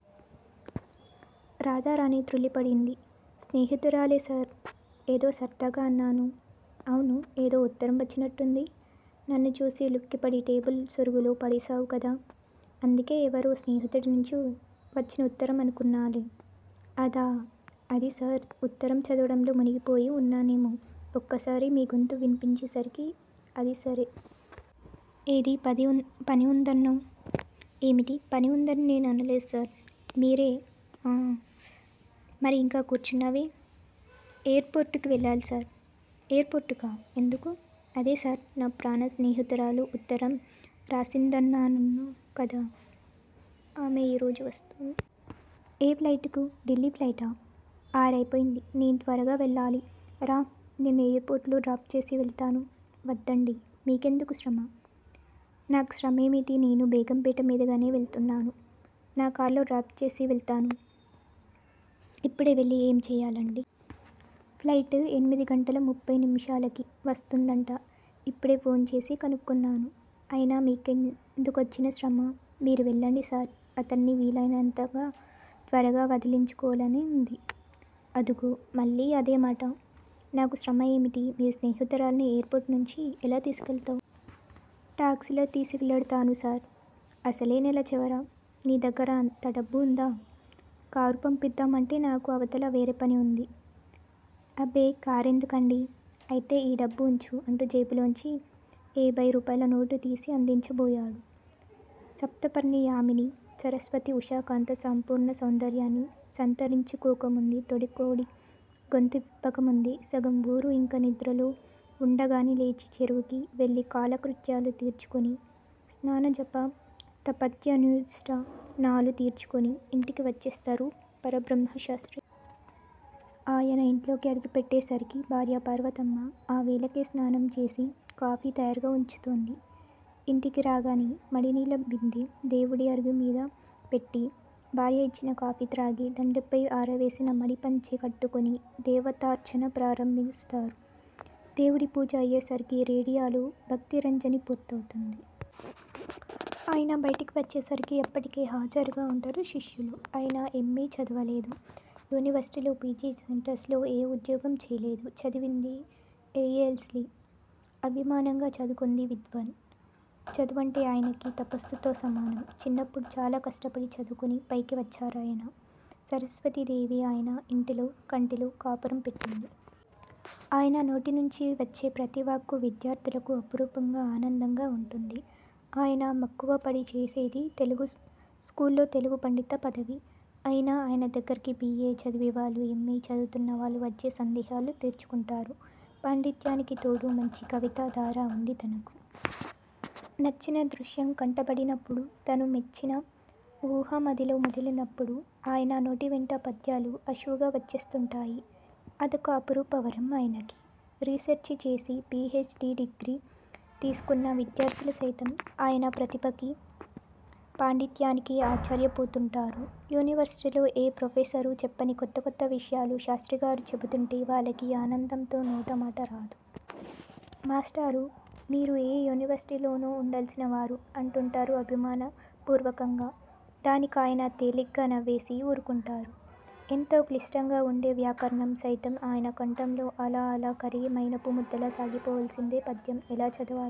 రాధారాణి తృళ్ళి పడింది. స్నేహితురాలే సార్! ఏదో సర్దాగా అన్నాను. అవునూ? ఏదోఉత్తరం వచ్చినట్టుంది? నన్ను చూసి ఉలిక్కిపడి టేబుల్ సొరుగులో పడేశావు గదా? అందుకే ఏవరో స్నేహితుడి నుంచి వచ్చిన ఉత్తరం అనుకున్నాలే! అదా! అది సార్ ఉత్తరం చదవడంలో మునిగిపోయి వున్నా నేమో- ఒక్కసారిగా మీ గొంతు విన్పించే సరికి అది సరే! ఏది పని ఉందన్నావ్? ఏమిటి? పని ఉందని నేను అనలేదు సార్! మీరే ఆ ఆ! మరి ఇంకా కూర్చున్నావే? ఎయిర్ పోర్టుకు వెళ్ళాలి సార్ ఎయిర్ పోర్టుకా? ఎందుకూ? అదే సార్! నా ప్రాణ స్నేహితురాలు ఉత్తరం రాసిందదన్నాను కదూ? ఆమె ఈ రోజు వస్తోంది. ఏ ప్లైటుకూ? ఢిల్లీ ప్లైట్! ఆ! ఆరయిపోయింది! నేను త్వరగా వెళ్ళాలి. రా! నిన్ను ఎయిర్ పోర్టులో డ్రాప్ చేసి వెళ్తాను. వద్దండీ! మీ కెందుకు శ్రమ? నాకు శ్రమేమిటి నేను బేగం పేట మీదగానే వెళ్తున్నాను. నా కార్లో డ్రాప్ చేసి వెళ్తాను. ఇప్పుడే వెళ్ళీ ఏం చెయ్యాలండీ? ప్లైట్ ఎనిమిది గంటల ముప్పై నిముషాలు కి వస్తుందట. ఇప్పుడే ఫోన్ చేసి కనుక్కొన్నాను. అయినా మీకెందుకొచ్చిన శ్రమా! మీరు వెళ్లండి సార్ అతడ్ని వీలయినంత త్వరగా వదిలించుకోవాలని ఉంది. అదుగో! మళ్ళీ అదేమాటా? నాకు శ్రమ ఏమిటి? మీ స్నేహితురాల్ని ఎయిర్ పోర్టునుంచి ఎలా తీసుకెళ్తవ్? టాక్సీలో తీసుకెడతాను సార్! అసలే నెల చివరా. నీ దగ్గర అంతడబ్బు ఉందా? కారు పంపిద్దామంటే నాకు అవతల వేరే పని ఉంది. అబ్బే! కారెందుకండీ! అయితే ఈ డబ్బు ఉంచు అంటూ జేబులోంచి ఏభయ్ రూపాయల నోటు తీసి అందించబోయాడు. సప్తపర్ణి యామినీ సరస్వతి ఉషాకాంత సంపూర్ణ సౌందర్యాన్ని సంతరించుకోకముందే తొలికోడి గొంతు విప్పకముందే, సగం వూరు యింకా నిద్రలో వుండగానే లేచి చెరువుకి వెళ్ళి కాలకృత్యాలు తీర్చుకుని, స్నానజప తపాధ్యనుష్టానాలు తీర్చుకుని యింటికి వచ్చేస్తారు పరబ్రహ్మశాస్త్రి. ఆయన యింట్లోకి అడుగుపెట్టేసరికి భార్య పార్వతమ్మ ఆ వేళకే స్నానం చేసి కాఫీ తయారుగా వుంచుతుంది. ఇంటికి రాగానే మడినీళ్ళ బిందె దేవుడి అరుగుమీద పెట్టి భార్య యిచ్చిన కాఫీ త్రాగి దండెంపై ఆరవేసిన మడి పంచె కట్టుకుని దేవతార్చన ప్రారంభిస్తారు. దేవుడి పూజ అయ్యేసరికి రేడియోలో భక్తిరంజని పూర్తవుతుంది. ఆయన బయటికి వచ్చేసరికి అప్పటికే హాజరుగా వుంటారు శిష్యులు. ఆయన ఎమ్. ఎ. చదవలేదు. యూనివర్శిటీలో పి. జి. సెంటర్స్ లో ఉద్యోగం చేయలేదు. చదివింది ఎసెసెల్సీ, అభిమానంగా చదువుకుంది విద్వాన్. చదువంటే ఆయనకి తపస్సుతో సమానం. చిన్నప్పుడు చాలా కష్టపడి చదువుకుని పైకివచ్చారాయన. సరస్వతీదేవి ఆయన ఇంటిలో కంటిలో కాపురం పెట్టింది. ఆయన నోటి నుంచి వచ్చే ప్రతివాక్కు విద్యార్ధులకు అపురూపంగా ఆనందంగా వుంటుంది. ఆయన మక్కువపడి చేసేది స్కూల్లో తెలుగు పండిత పదవి. అయినా ఆయనదగ్గరకి బి. ఏ. చదివేవాళ్ళు ఎమ్. ఎ చదువుతున్నవాళ్లూ వచ్చి సందేహాలు తీర్చుకుంటారు. పాండిత్యానికి తోడు మంచి కవితాధార వుంది తనకు. నచ్చిన దృశ్యం కంటబడినపుడు తను మెచ్చిన వూహ మదిలో మెదిలినపుడు ఆయన నోటివెంట పద్యాలు ఆశువుగా వచ్చేస్తుంటాయి. అదొక అపురూప వరం ఆయనకి. రీసెర్చి చేసి పి హెచ్. డి డిగ్రీ తీసుకున్న విద్యార్ధులు సైతం ఆయన ప్రతిభకి పాండిత్యానికీ ఆశ్చర్యపోతుంటారు. యూనివర్శిటీలో ఏ ప్రొఫెసరూ చెప్పని కొత్త కొత్త విషయాలు శాస్త్రిగారు చెపుతుంటే వాళ్ళకి ఆనందంతో నోట మాటరాదు. మాస్టారూ! మీరు ఏ యూనివర్శిటీలోనో ఉండాల్సినవారు అంటూంటారు అభిమాన పూర్వకంగా. దానికాయన తేలిగ్గా నవ్వేసి వూరుకుంటారు. ఎంతో క్లిష్టంగా వుండే వ్యాకరణం సైతం ఆయన కంఠంలో అలా అలా కరిగి మైనపు ముద్దలా సాగిపోవాల్సిందే పద్యం ఎలా చదవాలి